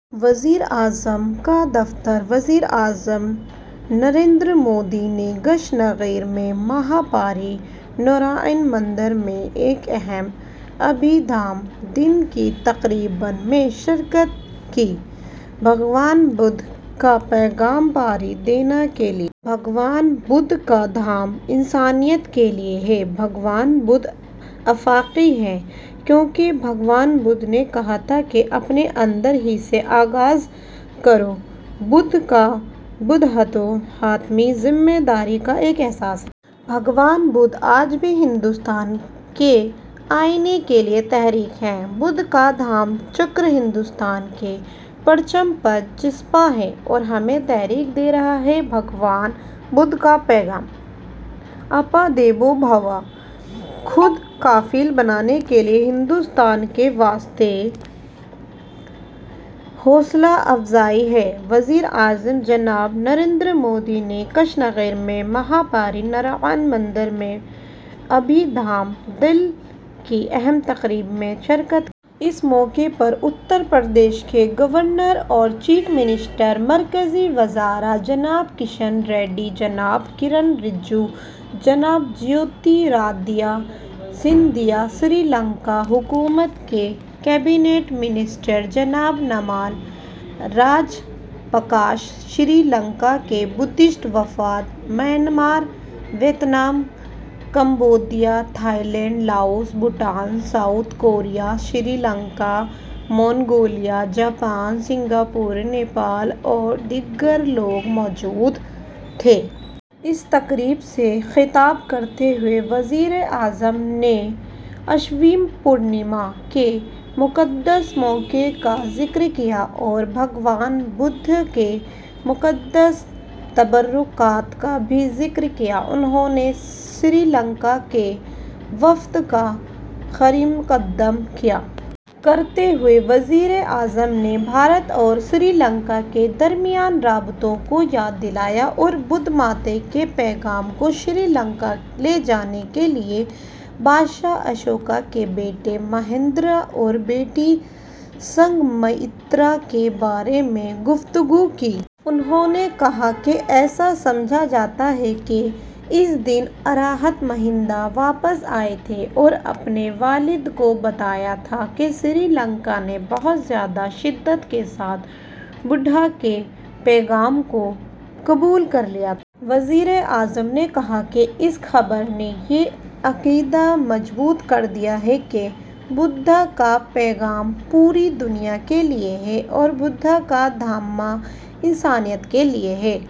وزیراعظم کا دفتر وزیر اعظم نریندر مودی نے کشی نگر میں مہا پری نروان مندر میں ایک اہم ابھیدھما دن کی تقریب میں شرکت کی بھگوان بدھ کا پیغام پوری دنیا کیلئے ہے، بھگوان بدھ کا دھما انسانیت کیلئے ہے بھگوان بدھ آفاقی ہیں کیونکہ بھگوان بدھ نے کہا تھا کہ اپنے اندر ہی سے آغاز کرو، بدھا کا بدھتوا حتمی ذمہ داری کا ایک احساس ہے بھگوان بدھ آج بھی ہندوستان کے آئین کیلئے تحریک ہے بدھا کا دھما چکر ہندوستان کے پرچم پر چسپاں ہے اور ہمیں تحریک دے رہا ہے بھگوان بدھ کا پیغام 'اپا دیپو بھوا' خود کفیل بننے کیلئے ہندوستان کے واسطے حوصلہ افزائی ہے وزیر اعظم جناب نریندر مودی نے کشی نگر میں مہا پری نروان مندر میں ابھی دھما دل کی اہم تقریب میں شرکت کی۔ اس موقع پر اترپردیش کے گورنر اور وزیر اعلیٰ ،مرکزی وززرا جناب کشن ریڈی ، جناب کرن رجیجو ،جناب جیو تی رادتیہ سندھیا ،سری لنکا حکومت کے کابینی وزیر جناب نمل راج پکسا ،سری لنکا کے بدھسٹ وفد ,Myanmar, Vietnam, Cambodia, Thailand, Lao PDR, Bhutan ،جنوبی Korea, Sri Lanka, Mongolia, Japan ،Singapore ,Nepal اور دیگر لوگ موجود تھے۔ اس تقریب سے خطاب کرتے ہوئے وزیر اعظم نے اشون پرنما کے مقدس موقع کا ذکر کیا اور بھگوان بدھ کی مذہبی باقیات بھی ذکر کیا۔ سری لنکا کے وفد کا خیر مقد کرتے ہوئے وزیر اعظم نے بھارت اور سری لنکا کے درمیان رابطوں کو یاد دلایا اور بدھ ازم کے پیغام کو سری لنکا لے جانے کے لئے بادشاہ اشوکا کے بیٹے مہندرا اور بیٹی سنگھا مترا کے بارے میں گفتگو کی۔ انہوں نے کہا کہ ایسا سمجھا جاتا ہے کہ اس دن کے موقع پر 'ارہٹ مہند' واپس آئے تھے اور اپنے والد کو بتایا تھا کہ سری لنکا نے بہت زیادہ شدت کے ساتھ بدھ کا پیغام قبول کرلیا تھا۔ وزیر اعظم نے کہا کہ اس خبر نے یہ اعتقاد بڑھادیا ہے کہ بدھ کا پیغام پوری دنیا کیلئے ہے اور بدھ کا دھما انسانیت کیلئے ہے۔